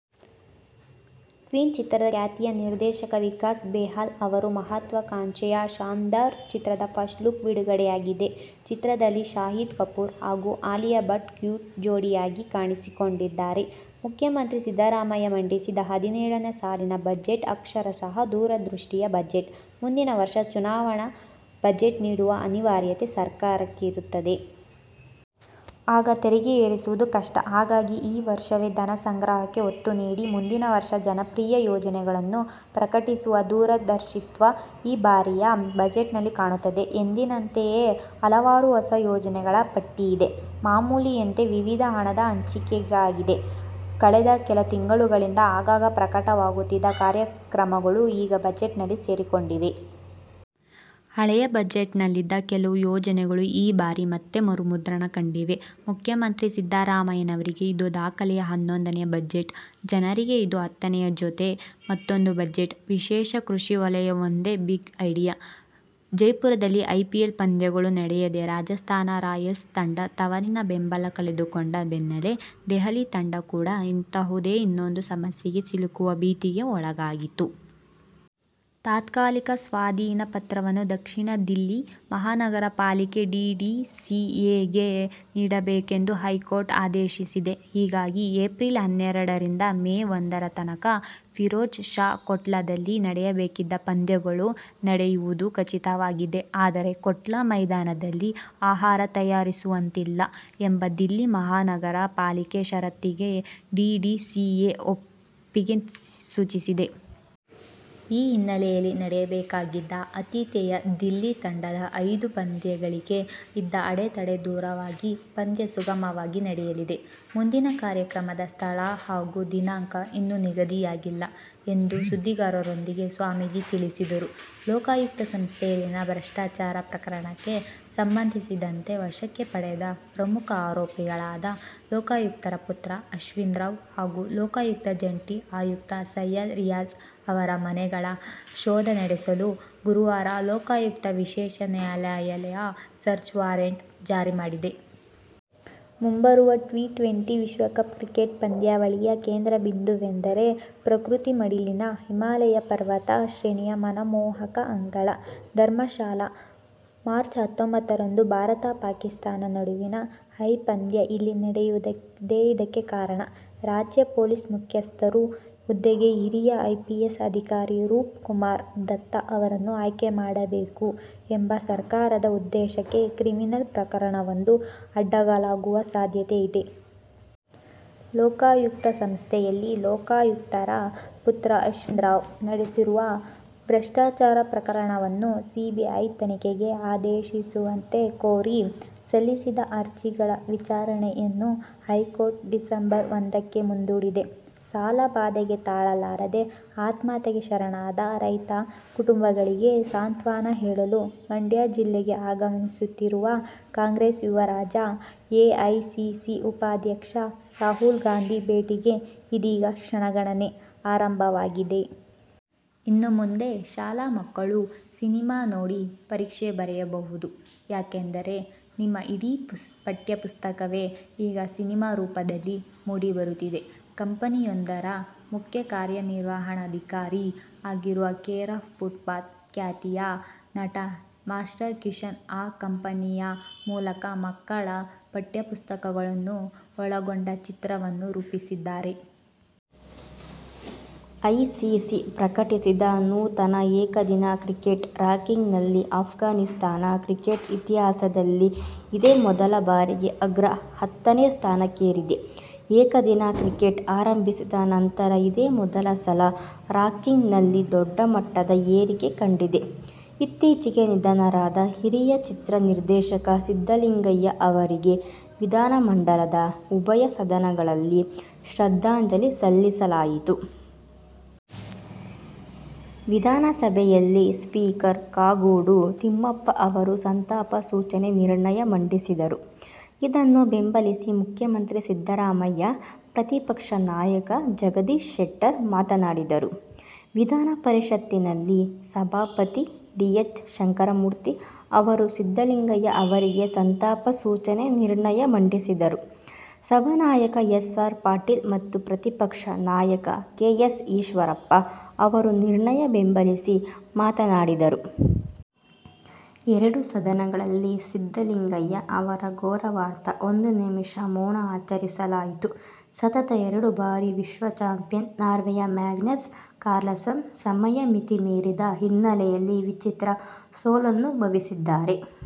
Queen ಚಿತ್ರ ಖ್ಯಾತಿಯ ನಿರ್ದೇಶಕ ವಿಕಾಸ್ ಬೆಹ್ಲ್ ಅವರ ಮಹತ್ವಾಕಾಂಕ್ಷೆಯ ಶಾನ್ದಾರ್ ಚಿತ್ರದ ಫಸ್ಟ್ ಲುಕ್ ಬಿಡುಗಡೆಯಾಗಿದೆ. ಚಿತ್ರದಲ್ಲಿ ಶಾಹಿದ್ ಕಪೂರ್ ಹಾಗೂ ಆಲಿಯಾ ಭಟ್ ಕ್ಯೂಟ್ ಜೋಡಿಯಾಗಿ ಕಾಣಿಸಿಕೊಂಡಿದ್ದಾರೆ. ಮುಖ್ಯಮಂತ್ರಿ ಸಿದ್ದರಾಮಯ್ಯ ಮಂಡಿಸಿದ ಹದಿನೇಳನೇ ಸಾಲಿನ ಬಜೆಟ್ ಅಕ್ಷರಶಃ ದೂರದೃಷ್ಟಿಯ ಬಜೆಟ್. ಮುಂದಿನ ವರ್ಷ ಚುನಾವಣಾ ಬಜೆಟ್ ನೀಡುವ ಅನಿವಾರ್ಯತೆ ಸರ್ಕಾರಕ್ಕಿರುತ್ತದೆ. ಆಗ ತೆರಿಗೆ ಏರಿಸುವುದು ಕಷ್ಟ. ಹಾಗಾಗಿ ಈ ವರ್ಷವೇ ಧನಸಂಗ್ರಹಕ್ಕೆ ಒತ್ತು ನೀಡಿ ಮುಂದಿನ ವರ್ಷ ಜನಪ್ರಿಯ ಯೋಜನೆಗಳನ್ನು ಪ್ರಕಟಿಸುವ ದೂರದರ್ಶಿತ್ವ ಈ ಬಾರಿಯ ಬಜೆಟ್‌ನಲ್ಲಿ ಕಾಣುತ್ತದೆ. ಎಂದಿನಂತೆಯೇ ಹಲವಾರು ಹೊಸ ಯೋಜನೆಗಳ ಪಟ್ಟಿಯಿದೆ. ಮಾಮೂಲಿಯಂತೆ ವಿವಿಧ ಹಣದ ಹಂಚಿಕೆಯಾಗಿದೆ. ಕಳೆದ ಕೆಲ ತಿಂಗಳುಗಳಿಂದ ಆಗಾಗ ಪ್ರಕಟವಾಗುತ್ತಿದ್ದ ಕಾರ್ಯಕ್ರಮಗಳು ಈಗ ಬಜೆಟ್‌ನಲ್ಲಿ ಸೇರಿಕೊಂಡಿವೆ. ಹಳೆಯ ಬಜೆಟ್‌ನಲ್ಲಿದ್ದ ಕೆಲವು ಯೋಜನೆಗಳು ಈ ಬಾರಿ ಮತ್ತೆ ಮರುಮುದ್ರಣ ಕಂಡಿವೆ. ಮುಖ್ಯಮಂತ್ರಿ ಸಿದ್ದರಾಮಯ್ಯನವರಿಗೆ ಇದು ದಾಖಲೆಯ ಹನ್ನೊಂದನೇ ಬಜೆಟ್. ಜನರಿಗೆ ಇದು ಹತ್ತನೆಯ ಜೊತೆ ಮತ್ತೊಂದು ಬಜೆಟ್. ವಿಶೇಷ ಕೃಷಿ ವಲಯವೊಂದೇ ಬಿಗ್ ಐಡಿಯಾ. ಜೈಪುರದಲ್ಲಿ ಐಪಿಎಲ್ ಪಂದ್ಯಗಳು ನಡೆಯದೇ ರಾಜಸ್ಥಾನ ರಾಯಲ್ಸ್ ತಂಡ ತವರಿನ ಬೆಂಬಲ ಕಳೆದುಕೊಂಡ ಬೆನ್ನಲ್ಲೇ ದೆಹಲಿ ತಂಡ ಕೂಡ ಇಂತಹುದೇ ಇನ್ನೊಂದು ಸಮಸ್ಯೆಗೆ ಸಿಲುಕುವ ಭೀತಿಗೆ ಒಳಗಾಗಿತ್ತು. ತಾತ್ಕಾಲಿಕ ಸ್ವಾಧೀನ ಪತ್ರವನ್ನು ದಕ್ಷಿಣ ದಿಲ್ಲಿ ಮಹಾನಗರ ಪಾಲಿಕೆ ಡಿಡಿಸಿಎಗೆ ನೀಡಬೇಕು ಎಂದು ಹೈಕೋರ್ಟ್ ಆದೇಶಿಸಿದೆ. ಹೀಗಾಗಿ ಏಪ್ರಿಲ್ ಹನ್ನೆರಡರಿಂದ ಮೇ ಒಂದರ ತನಕ ಫಿರೋಜ್ ಶಾ ಕೋಟ್ಲಾದಲ್ಲಿ ನಡೆಯಬೇಕಿದ್ದ ಪಂದ್ಯಗಳು ನಡೆಯುವುದು ಖಚಿತವಾಗಿದೆ. ಆದರೆ ಕೋಟ್ಲಾ ಮೈದಾನದಲ್ಲಿ ಆಹಾರ ತಯಾರಿಸುವಂತಿಲ್ಲ ಎಂಬ ದಿಲ್ಲಿ ಮಹಾನಗರ ಪಾಲಿಕೆ ಷರತ್ತಿಗೆ ಡಿಡಿಸಿಎ ಒಪ್ಪಿಗೆ ಸೂಚಿಸಿದೆ. ಈ ಹಿನ್ನೆಲೆಯಲ್ಲಿ ನಡೆಯಬೇಕಿದ್ದ ಆತಿಥೇಯ ದಿಲ್ಲಿ ತಂಡದ ಐದು ಪಂದ್ಯಗಳಿಗೆ ಇದ್ದ ಅಡೆತಡೆ ದೂರವಾಗಿ ಪಂದ್ಯ ಸುಗಮವಾಗಿ ನಡೆಯಲಿದೆ. ಮುಂದಿನ ಕಾರ್ಯಕ್ರಮದ ಸ್ಥಳ ಹಾಗೂ ದಿನಾಂಕ ಇನ್ನು ನಿಗದಿಯಾಗಿಲ್ಲ ಎಂದು ಸುದ್ದಿಗಾರರೊಂದಿಗೆ ಸ್ವಾಮೀಜಿ ತಿಳಿಸಿದರು. ಲೋಕಾಯುಕ್ತ ಸಂಸ್ಥೆಯಲ್ಲಿನ ಭ್ರಷ್ಟಾಚಾರ ಪ್ರಕರಣಕ್ಕೆ ಸಂಬಂಧಿಸಿದಂತೆ ವಶಕ್ಕೆ ಪಡೆದ ಪ್ರಮುಖ ಆರೋಪಿಗಳಾದ ಲೋಕಾಯುಕ್ತರ ಪುತ್ರ ಅಶ್ವಿನ್ ರಾವ್ ಹಾಗೂ ಲೋಕಾಯುಕ್ತ ಜಂಟಿ ಆಯುಕ್ತ ಸಯ್ಯದ್ ರಿಯಾಜ್ ಅವರ ಮನೆಗಳ ಶೋಧ ನಡೆಸಲು ಗುರುವಾರ ಲೋಕಾಯುಕ್ತ ವಿಶೇಷ ನ್ಯಾಯಾಲಯ ಸರ್ಚ್ ವಾರಂಟ್ ಜಾರಿಮಾಡಿದೆ. ಮುಂಬರುವ ಟಿ ಟ್ವೆಂಟಿ ವಿಶ್ವಕಪ್ ಕ್ರಿಕೆಟ್ ಪಂದ್ಯಾವಳಿಯ ಕೇಂದ್ರಬಿಂದುವೆಂದರೆ ಪ್ರಕೃತಿ ಮಡಿಲಿನ ಹಿಮಾಲಯ ಪರ್ವತ ಶ್ರೇಣಿಯ ಮನಮೋಹಕ ಅಂಗಳ ಧರ್ಮಶಾಲಾ. ಮಾರ್ಚ್ ಹತ್ತೊಂಬತ್ತರಂದು ಭಾರತ ಪಾಕಿಸ್ತಾನ ನಡುವಿನ ಹೈ ಪಂದ್ಯ ಇಲ್ಲಿ ನಡೆಯುವುದೇ ಇದಕ್ಕೆ ಕಾರಣ. ರಾಜ್ಯ ಪೊಲೀಸ್ ಮುಖ್ಯಸ್ಥರ ಹುದ್ದೆಗೆ ಹಿರಿಯ ಐಪಿಎಸ್ ಅಧಿಕಾರಿ ರೂಪ್ ಕುಮಾರ್ ದತ್ತಾ ಅವರನ್ನು ಆಯ್ಕೆ ಮಾಡಬೇಕು ಎಂಬ ಸರ್ಕಾರದ ಉದ್ದೇಶಕ್ಕೆ ಕ್ರಿಮಿನಲ್ ಪ್ರಕರಣವೊಂದು ಅಡ್ಡಗಾಲಾಗುವ ಸಾಧ್ಯತೆ ಇದೆ. ಲೋಕಾಯುಕ್ತ ಸಂಸ್ಥೆಯಲ್ಲಿ ಲೋಕಾಯುಕ್ತರ ಪುತ್ರ ಅಶ್ವಿನ್ ರಾವ್ ನಡೆಸಿರುವ ಭ್ರಷ್ಟಾಚಾರ ಪ್ರಕರಣವನ್ನು ಸಿಬಿಐ ತನಿಖೆಗೆ ಆದೇಶಿಸುವಂತೆ ಕೋರಿ ಸಲ್ಲಿಸಿದ್ದ ಅರ್ಜಿಗಳ ವಿಚಾರಣೆಯನ್ನು ಹೈಕೋರ್ಟ್ ಡಿಸೆಂಬರ್ ಒಂದಕ್ಕೆ ಮುಂದೂಡಿದೆ. ಸಾಲಬಾಧೆ ತಾಳಲಾರದೆ ಆತ್ಮಹತ್ಯೆಗೆ ಶರಣಾದ ರೈತ ಕುಟುಂಬಗಳಿಗೆ ಸಾಂತ್ವನ ಹೇಳಲು ಮಂಡ್ಯ ಜಿಲ್ಲೆಗೆ ಆಗಮಿಸುತ್ತಿರುವ ಕಾಂಗ್ರೆಸ್ ಯುವರಾಜ ಎಐಸಿಸಿ ಉಪಾಧ್ಯಕ್ಷ ರಾಹುಲ್ ಗಾಂಧಿ ಭೇಟಿಗೆ ಇದೀಗ ಕ್ಷಣಗಣನೆ ಆರಂಭವಾಗಿದೆ. ಇನ್ನು ಮುಂದೆ ಶಾಲಾ ಮಕ್ಕಳು ಸಿನಿಮಾ ನೋಡಿ ಪರೀಕ್ಷೆ ಬರೆಯಬಹುದು. ಯಾಕೆಂದರೆ ನಿಮ್ಮ ಇಡೀ ಪಠ್ಯಪುಸ್ತಕವೇ ಈಗ ಸಿನಿಮಾ ರೂಪದಲ್ಲಿ ಮೂಡಿಬರುತ್ತಿದೆ. ಕಂಪನಿಯೊಂದರ ಮುಖ್ಯ ಕಾರ್ಯನಿರ್ವಹಣಾಧಿಕಾರಿ ಆಗಿರುವ ಕೇರ್ ಆಫ್ ಫುಟ್‌ಪಾತ್ ಖ್ಯಾತಿಯ ನಟ ಮಾಸ್ಟರ್ ಕಿಶನ್ ಆ ಕಂಪನಿಯ ಮೂಲಕ ಮಕ್ಕಳ ಪಠ್ಯಪುಸ್ತಕಗಳನ್ನು ಒಳಗೊಂಡ ಚಿತ್ರವನ್ನು ರೂಪಿಸಿದ್ದಾರೆ. ಐಸಿಸಿ ಪ್ರಕಟಿಸಿದ ನೂತನ ಏಕದಿನ ಕ್ರಿಕೆಟ್ ರಾಂಕಿಂಗ್‌ನಲ್ಲಿ ಆಫ್ಘಾನಿಸ್ತಾನ ಕ್ರಿಕೆಟ್ ಇತಿಹಾಸದಲ್ಲಿ ಇದೇ ಮೊದಲ ಬಾರಿಗೆ ಅಗ್ರ ಹತ್ತನೇ ಸ್ಥಾನಕ್ಕೇರಿದೆ. ಏಕದಿನ ಕ್ರಿಕೆಟ್ ಆರಂಭಿಸಿದ ನಂತರ ಇದೇ ಮೊದಲ ಸಲ ರಾಂಕಿಂಗ್‌ನಲ್ಲಿ ದೊಡ್ಡ ಮಟ್ಟದ ಏರಿಕೆ ಕಂಡಿದೆ. ಇತ್ತೀಚೆಗೆ ನಿಧನರಾದ ಹಿರಿಯ ಚಿತ್ರ ನಿರ್ದೇಶಕ ಸಿದ್ದಲಿಂಗಯ್ಯ ಅವರಿಗೆ ವಿಧಾನಮಂಡಲದ ಉಭಯ ಸದನಗಳಲ್ಲಿ ಶ್ರದ್ಧಾಂಜಲಿ ಸಲ್ಲಿಸಲಾಯಿತು. ವಿಧಾನಸಭೆಯಲ್ಲಿ ಸ್ಪೀಕರ್ ಕಾಗೋಡು ತಿಮ್ಮಪ್ಪ ಅವರು ಸಂತಾಪ ಸೂಚನೆ ನಿರ್ಣಯ ಮಂಡಿಸಿದರು. ಇದನ್ನು ಬೆಂಬಲಿಸಿ ಮುಖ್ಯಮಂತ್ರಿ ಸಿದ್ದರಾಮಯ್ಯ ಪ್ರತಿಪಕ್ಷ ನಾಯಕ ಜಗದೀಶ್ ಶೆಟ್ಟರ್ ಮಾತನಾಡಿದರು. ವಿಧಾನ ಪರಿಷತ್ತಿನಲ್ಲಿ ಸಭಾಪತಿ ಡಿ ಎಚ್ ಶಂಕರಮೂರ್ತಿ ಅವರು ಸಿದ್ದಲಿಂಗಯ್ಯ ಅವರಿಗೆ ಸಂತಾಪ ಸೂಚನೆ ನಿರ್ಣಯ ಮಂಡಿಸಿದರು. ಸಭಾನಾಯಕ ಎಸ್ ಆರ್ ಪಾಟೀಲ್ ಮತ್ತು ಪ್ರತಿಪಕ್ಷ ನಾಯಕ ಕೆ ಎಸ್ ಈಶ್ವರಪ್ಪ ಅವರು ನಿರ್ಣಯ ಬೆಂಬಲಿಸಿ ಮಾತನಾಡಿದರು. ಎರಡೂ ಸದನಗಳಲ್ಲಿ ಸಿದ್ದಲಿಂಗಯ್ಯ ಅವರ ಗೌರವಾರ್ಥ ಒಂದು ನಿಮಿಷ ಮೌನ ಆಚರಿಸಲಾಯಿತು. ಸತತ ಎರಡು ಬಾರಿ ವಿಶ್ವ ಚಾಂಪಿಯನ್ ನಾರ್ವೆಯ ಮ್ಯಾಗ್ನಸ್ ಕಾರ್ಲ್ಸನ್ ಸಮಯ ಮಿತಿ ಮೀರಿದ ಹಿನ್ನೆಲೆಯಲ್ಲಿ ವಿಚಿತ್ರ ಸೋಲನ್ನನುಭವಿಸಿದ್ದಾರೆ.